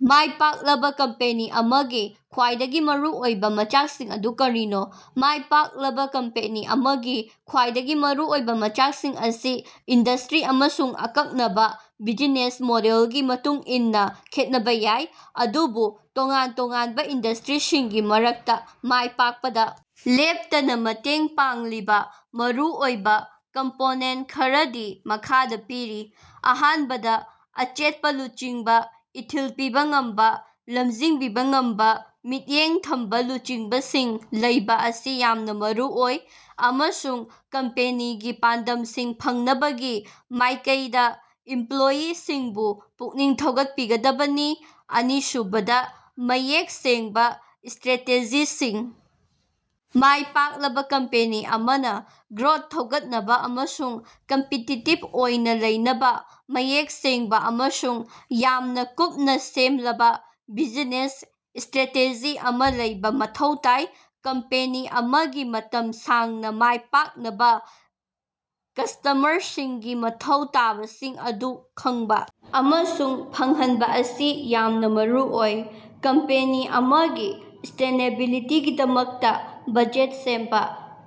ꯃꯥꯏ ꯄꯥꯛꯂꯕꯥ ꯀꯝꯄꯦꯅꯤ ꯑꯃꯒꯤ ꯈ꯭ꯋꯥꯏꯗꯒꯤ ꯃꯔꯨꯑꯣꯏꯕꯥ ꯃꯆꯥꯛꯁꯤꯡ ꯑꯗꯨ ꯀꯔꯤꯅꯣ? ꯃꯥꯏ ꯄꯥꯛꯂꯕꯥ ꯀꯝꯄꯦꯅꯤ ꯑꯃꯒꯤ ꯈ꯭ꯋꯥꯏꯗꯒꯤ ꯃꯔꯨꯑꯣꯏꯕꯥ ꯃꯆꯥꯛꯁꯤꯡ ꯑꯁꯤ ꯏꯟꯗꯁꯇ꯭ꯔꯤ ꯑꯃꯁꯨꯡ ꯑꯀꯛꯅꯕꯥ ꯕꯤꯖꯤꯅꯦꯁ ꯃꯣꯗꯦꯜꯒꯤ ꯃꯇꯨꯡ ꯏꯟꯅꯥ ꯈꯦꯠꯅꯕꯥ ꯌꯥꯏ, ꯑꯗꯨꯕꯨ ꯇꯣꯉꯥꯟ ꯇꯣꯉꯥꯟꯕꯥ ꯏꯟꯗꯁꯇ꯭ꯔꯤꯁꯤꯡꯒꯤ ꯃꯔꯛꯇꯥ ꯃꯥꯏ ꯄꯥꯛꯄꯗꯥ ꯂꯦꯞꯇꯅꯥ ꯃꯇꯦꯡ ꯄꯥꯡꯂꯤꯕꯥ ꯃꯔꯨꯑꯣꯏꯕꯥ ꯀꯝꯄꯣꯅꯦꯟꯇ ꯈꯔꯗꯤ ꯃꯈꯥꯗꯥ ꯄꯤꯔꯤ: ꯑꯍꯥꯟꯕꯗ ꯑꯆꯦꯠꯄꯥ ꯂꯨꯆꯤꯡꯕꯥ, ꯏꯊꯤꯜ ꯄꯤꯕꯥ ꯉꯝꯕꯥ, ꯂꯝꯖꯤꯡꯕꯤꯕꯥ ꯉꯝꯕꯥ ꯃꯤꯠꯌꯦꯡ ꯊꯝꯕꯥ ꯂꯨꯆꯤꯡꯕꯁꯤꯡ ꯂꯩꯕꯥ ꯑꯁꯤ ꯌꯥꯝꯅꯥ ꯃꯔꯨꯑꯣꯏ꯫ꯑꯃꯁꯨꯡ ꯀꯝꯄꯦꯅꯤꯒꯤ ꯄꯥꯟꯗꯝꯁꯤꯡ ꯐꯪꯅꯕꯒꯤ ꯃꯥꯏꯀꯩꯗꯥ ꯏꯝꯄ꯭ꯂꯣꯏꯌꯤꯁꯤꯡꯕꯨ ꯄꯨꯛꯅꯤꯡ ꯊꯧꯒꯠꯄꯤꯒꯗꯕꯅꯤ꯫ ꯑꯅꯤꯁꯨꯕꯗꯥ ꯃꯌꯦꯛ ꯁꯦꯡꯕꯥ ꯏꯁꯇ꯭ꯔ꯭ꯦꯇꯦꯖꯤꯁꯤꯡ ꯃꯥꯏ ꯄꯥꯛꯂꯕꯥ ꯀꯝꯄꯦꯅꯤ ꯑꯃꯅꯥ ꯒ꯭ꯔꯣꯠ ꯊꯧꯒꯠꯅꯕꯥ ꯑꯃꯁꯨꯡ ꯀꯝꯄꯤꯇꯤꯇꯤꯞ ꯑꯣꯏꯅꯥ ꯂꯩꯅꯕꯥ ꯃꯌꯦꯛ ꯁꯦꯡꯕꯥ ꯑꯃꯁꯨꯡ ꯌꯥꯝꯅꯥ ꯀꯨꯞꯅꯥ ꯁꯦꯝꯂꯕꯥ ꯕꯤꯖꯤꯅꯦꯁ ꯏꯁꯇ꯭ꯔꯦꯇꯦꯖꯤ ꯑꯃꯥ ꯂꯩꯕꯥ ꯃꯊꯧ ꯇꯥꯏ꯫ ꯀꯝꯄꯦꯅꯤ ꯑꯃꯒꯤ ꯃꯇꯝ ꯁꯥꯡꯅꯥ ꯃꯥꯏ ꯄꯥꯛꯅꯕꯥ ꯀꯁꯇꯃꯔꯁꯤꯡꯒꯤ ꯃꯊꯧ ꯇꯥꯕꯁꯤꯡ ꯑꯗꯨ ꯈꯪꯕꯥ ꯑꯃꯁꯨꯡ ꯐꯪꯍꯟꯕꯥ ꯑꯁꯤ ꯌꯥꯝꯅꯥ ꯃꯔꯨꯑꯣꯏ꯫ ꯀꯝꯄꯦꯅꯤ ꯑꯃꯒꯤ ꯁꯁ꯭ꯇꯦꯅꯦꯕꯤꯂꯤꯇꯤꯒꯤꯗꯃꯛꯇꯥ ꯕꯖꯦꯠ ꯁꯦꯝꯕꯥ,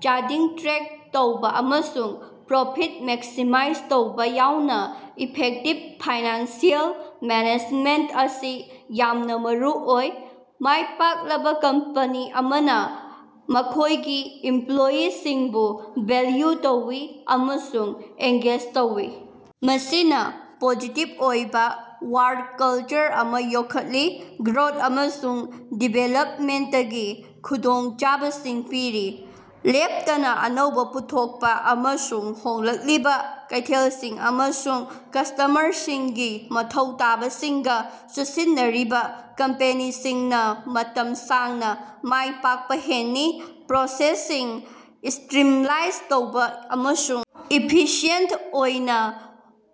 ꯆꯥꯗꯤꯡ ꯇ꯭ꯔꯦꯛ ꯇꯧꯕꯥꯑꯃꯁꯨꯡ ꯄ꯭ꯔꯣꯐꯤꯠ ꯃꯦꯛꯁꯤꯃꯥꯏꯖ ꯇꯧꯕꯥ ꯌꯥꯎꯅꯥ ꯏꯐꯦꯛꯇꯤꯞ ꯐꯥꯏꯅꯥꯟꯁꯤꯑꯦꯜ ꯃꯦꯅꯦꯖꯃꯦꯟꯇ ꯑꯁꯤ ꯌꯥꯝꯅꯥ ꯃꯔꯨꯑꯣꯏ꯫ ꯃꯥꯏꯄꯥꯛꯂꯕꯥ ꯀꯝꯄꯅꯤ ꯑꯃꯅꯥ ꯃꯈꯣꯏꯒꯤ ꯏꯝꯄ꯭ꯂꯣꯏꯌꯤꯁꯤꯡꯕꯨ ꯚꯦꯜꯌꯨ ꯇꯧꯏ ꯑꯃꯁꯨꯡ ꯑꯦꯡꯒꯦꯖ ꯇꯧꯏ, ꯃꯁꯤꯅꯥ ꯄꯣꯖꯤꯇꯤꯞ ꯑꯣꯏꯕꯥ ꯋꯥꯔꯛ ꯀꯜꯆꯔ ꯑꯃꯥ ꯌꯣꯛꯈꯠꯂꯤ꯫ ꯒ꯭ꯔꯣꯠ ꯑꯃꯁꯨꯡ ꯗꯤꯚꯦꯂꯞꯃꯦꯟꯇꯒꯤ ꯈꯨꯗꯣꯡꯆꯥꯕꯁꯤꯡ ꯄꯤꯔꯤ꯫ ꯂꯦꯞꯇꯅꯥ ꯑꯅꯧꯕꯥ ꯄꯨꯊꯣꯛꯄꯥ ꯑꯃꯁꯨꯡ ꯍꯣꯡꯂꯛꯂꯤꯕꯥ ꯀꯩꯊꯦꯜꯁꯤꯡ ꯑꯃꯁꯨꯡ ꯀꯁꯇꯃꯔꯁꯤꯡꯒꯤ ꯃꯊꯧ ꯇꯥꯕꯁꯤꯡꯒꯥ ꯆꯨꯁꯤꯟꯅꯔꯤꯕꯥ ꯀꯝꯄꯦꯅꯤꯁꯤꯡꯅꯥ ꯃꯇꯝ ꯁꯥꯡꯅꯥ ꯃꯥꯏ ꯄꯥꯛꯄꯥ ꯍꯦꯟꯅꯤ꯫ ꯄ꯭ꯔꯣꯁꯦꯁꯁꯤꯡ ꯏꯁꯇ꯭ꯔꯤꯝꯂꯥꯏꯟ ꯇꯧꯕꯥ ꯑꯃꯁꯨꯡ ꯏꯐꯤꯁꯤꯌꯦꯟꯇ ꯑꯣꯏꯅꯥ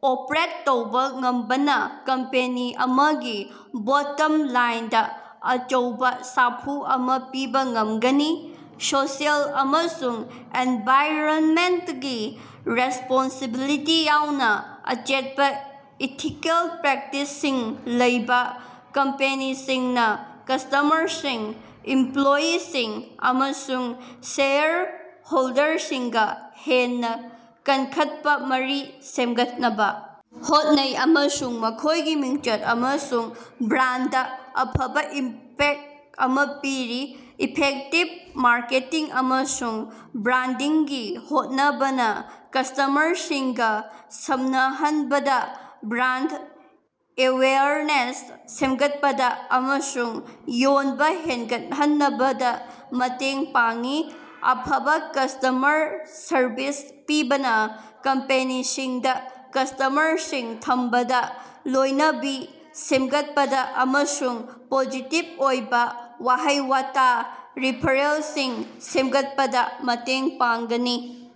ꯑꯣꯄ꯭ꯔꯦꯠ ꯇꯧꯕꯥ ꯉꯝꯕꯅꯥ ꯀꯝꯄꯦꯅꯤ ꯑꯃꯒꯤ ꯕꯣꯠꯇꯝ ꯂꯥꯏꯟꯗꯥ ꯑꯆꯧꯕꯥ ꯁꯥꯐꯨ ꯑꯃꯥ ꯄꯤꯕꯥ ꯉꯝꯒꯅꯤ꯫ ꯁꯣꯁꯤꯑꯦꯜ ꯑꯃꯁꯨꯡ ꯑꯦꯟꯚꯥꯏꯔꯟꯃꯦꯟꯇꯀꯤ ꯔꯦꯁꯄꯣꯟꯁꯤꯕꯤꯂꯤꯇꯤ ꯌꯥꯎꯅꯥ ꯑꯆꯦꯠꯄꯥ ꯏꯊꯤꯀꯦꯜ ꯄ꯭ꯔꯦꯛꯇꯤꯁꯁꯤꯡ ꯂꯩꯕꯥ ꯀꯝꯄꯦꯅꯤꯁꯤꯡꯅꯥ ꯀꯁꯇꯃꯔꯁꯤꯡ, ꯏꯝꯄ꯭ꯂꯣꯌꯤꯁꯤꯡ, ꯑꯃꯁꯨꯡ ꯁꯦꯌꯔ ꯍꯣꯜꯗꯔꯁꯤꯡꯒꯥ ꯍꯦꯟꯅꯥ ꯀꯟꯈꯠꯄꯥ ꯃꯔꯤ ꯁꯦꯝꯒꯠꯅꯕꯥ ꯍꯣꯠꯅꯩ ꯑꯃꯁꯨꯡ ꯃꯈꯣꯏꯒꯤ ꯃꯤꯡꯆꯠ ꯑꯃꯁꯨꯡ ꯕ꯭ꯔꯥꯟꯗꯗꯥ ꯑꯐꯕꯥ ꯏꯝꯄꯦꯛꯇ ꯑꯃꯥ ꯄꯤꯔꯤ꯫ ꯏꯐꯦꯛꯇꯤꯕ ꯃꯥꯔꯀꯦꯇꯤꯡ ꯑꯃꯁꯨꯡ ꯕ꯭ꯔꯥꯟꯗꯤꯡꯒꯤ ꯍꯣꯠꯅꯕꯅꯥ ꯀꯁꯇꯃꯔꯁꯤꯡꯒꯥ ꯁꯝꯅꯍꯟꯕꯗꯥ, ꯕ꯭ꯔꯥꯟꯗ ꯑꯦꯋꯦꯌꯔꯅꯦꯁ ꯁꯦꯝꯒꯠꯄꯗꯥ ꯑꯃꯁꯨꯡ ꯌꯣꯟꯕꯥ ꯍꯦꯟꯒꯠꯍꯟꯅꯕꯗꯥ ꯃꯇꯦꯡ ꯄꯥꯡꯏ꯫ ꯑꯐꯕꯥ ꯀꯁꯇ꯭ꯃꯔ ꯁꯔꯕꯤꯁ ꯄꯤꯕꯅꯥ ꯀꯝꯄꯦꯅꯤꯁꯤꯡꯗꯥ ꯀꯁꯇꯃꯔꯁꯤꯡ ꯊꯝꯕꯗꯥ, ꯂꯣꯏꯅꯕꯤ ꯁꯦꯝꯒꯠꯄꯗꯥ ꯑꯃꯁꯨꯡ ꯄꯣꯖꯤꯇꯤꯞ ꯑꯣꯏꯕꯥ ꯋꯥꯍꯩ-ꯋꯥꯇꯥ ꯔꯤꯐꯔꯦꯜꯁꯤꯡ ꯁꯦꯝꯒꯠꯄꯗꯥ ꯃꯇꯦꯡ ꯄꯥꯡꯒꯅꯤ꯫